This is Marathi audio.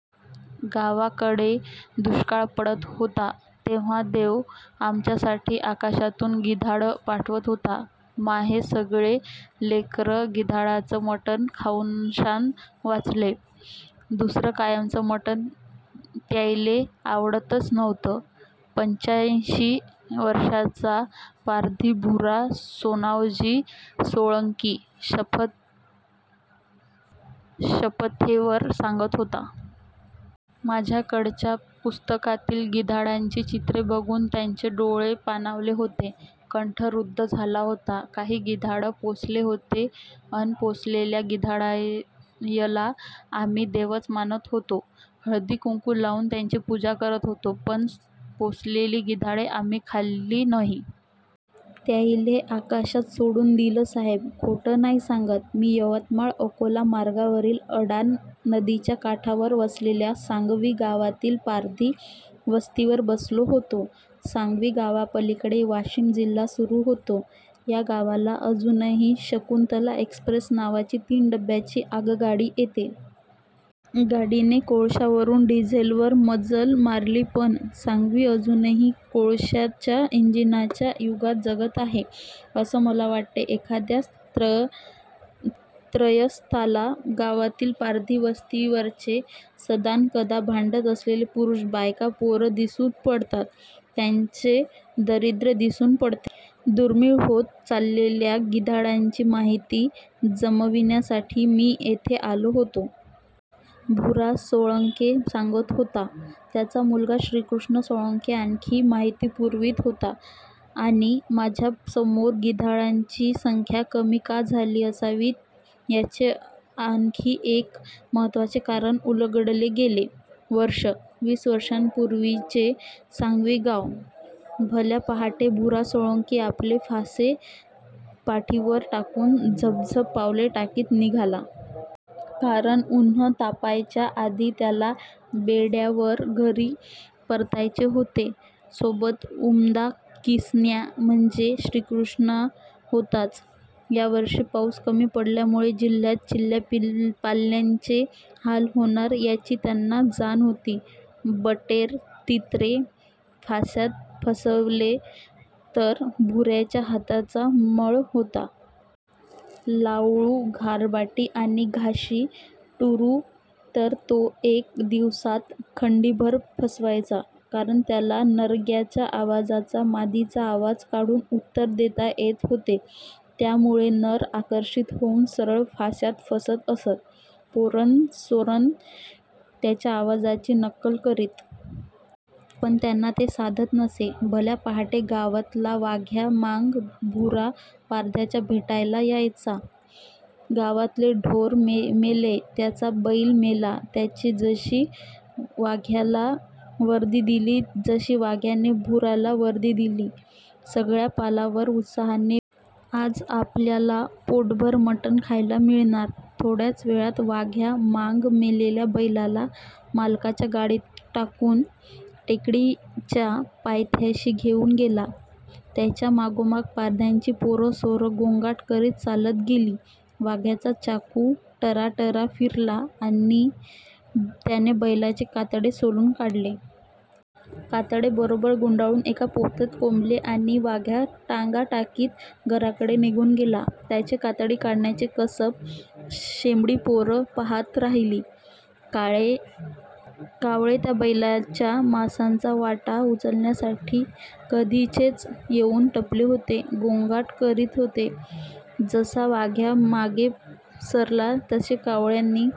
गावाकडे दुष्काळ पडत होता तेव्हा देव आमच्यासाठी आकाशातून गिधाडं पाठवत होता. माहे सगळे लेकरं गिधाडायचं मटण खाऊनशान वाचले. दुसरं कायचं मटण त्यायले आवडतच नव्हतं. पंच्याऐंशी वर्षांचा पारधी भुरा सोनावजी सोळंकी शपथेवर सांगत होता. माझ्याकडच्या पुस्तकातील गिधाडांची चित्रे बघुन त्याचे डोळे पाणावले होते. कंठ रुद्ध झाला होता. आम्ही गिधाडं पोसले होते अन पोसलेल्या गिधाडायला आमी देवच मानत होतो. हळदकुंकू लावून त्यांची पूजा करत होतो. पण पोसलेली गिधाडे आम्ही खाल्ली नाही. त्याहिले आकाशात सोडून दिलं साहेब. खोटं नाही सांगत. मी यवतमाळ अकोला मार्गावरील अडाण नदीच्या काठावर वसलेल्या सांगवी गावातील पारधी वस्तीवर बसलो होतो. सांगवी गावापलीकडे वाशिम जिल्हा सुरू होतो. या गावाला अजूनही शकुंतला एक्सप्रेस नावाची तीन डब्याची आगगाडी येते. गाडीने कोळशावरून डिझेलवर मजल मारली पण सांगवी अजूनही कोळशाच्या इंजिनच्या युगात जगत आहे असे मला वाटले. एखाद्या त्रयस्थाला गावातील पारधी वस्तीवरचे सदानकदा भांडत असलेले पुरुष बायकापोरं दिसून पडतात. त्यांचे दारिद्र्य दिसून पडते. दुर्मिळ होत चाललेल्या गिधाडांची माहिती जमविण्यासाठी मी येथे आलो होतो. भुरा सोळंके सांगत होता. त्याचा मुलगा श्रीकृष्णा सोळंके आणखी माहिती पुरवीत होता. आणि माझ्यासमोर गिधाडांची संख्या कमी का झाली असावी याचे आणखी एक महत्त्वाचे कारण उलगडले गेले! वर्ष. वीस वर्षांपूर्वीचे सांगवी गाव. भल्या पहाटे भुरा सोळंकी आपले फासे पाठीवर टाकून झपझप पावले टाकीत निघाला. कारण उन्हं तापायाच्या आधी त्याला बेड्यावर घरी परतायचे होते. सोबत उमदा कीसन्या म्हणजे श्रीकृष्णा होताच. यावर्षी पाऊस कमी पडल्यामुळे जिल्ह्यात चिल्ल्यापाल्यांचे हाल होणार याची त्यांना जाण होतीच. बटेर, तितरे फास्यात फसवणे तर भुराच्या हातचा मळ होता. लावळू, घागरबाटी आणि घाशी टुरु तर तो एका दिवसात खंडीभर फसवायचा. कारण त्याला नरग्याच्या आवाजाला मादीचा आवाज काढून उत्तर देता येत होते. त्यामुळे नर आकर्षित होऊन सरळ फास्यात फसत असत. पोरंसोरं त्याच्या आवाजाची नक्कल करीत. पण त्यांना ते साधत नसे. भल्या पहाटे गावातला वाघ्या मांग भुरा पारध्याला भेटायला आला. गावातले ढोर मेलेय. ज्याचा बैल मेला त्याने जशी वाघ्याला वर्दी दिली तशी वाघ्याने भुराला वर्दी दिली. सगळ्या पालावर उत्साहाचे वातावरण संचारले. आज आपल्याला पोटभर मटन खायला मिळणार. थोड्याच वेळात वाघ्या मांग मेलेल्या बैलाला मालकाच्या गाडीत टाकून टेकडीच्या पायथ्याशी घेऊन गेला. त्याच्या मागोमाग पारध्यांची पोरंसोरं गोंगाट करीत चालत गेली. वाघ्याचा चाकू टराटरा फिरला. त्याने बैलाचे कातडे सोलून काढले. कातडे बरोबर गुंडाळून एका पोत्यात कोंबले आणि वाघ्या टांगा टाकीत घराकडे निघून गेला. त्याचे कातडी काढण्याचे कसब शेंबडी पोरं पहात राहिली. कावळे त्या बैलाच्या मांसाचा वाटा उचलण्यासाठी कधीचेच येऊन टपले होते. गोंगाट करीत होते. जसा वाघ्या मागे सरला तसे कावळ्यांनी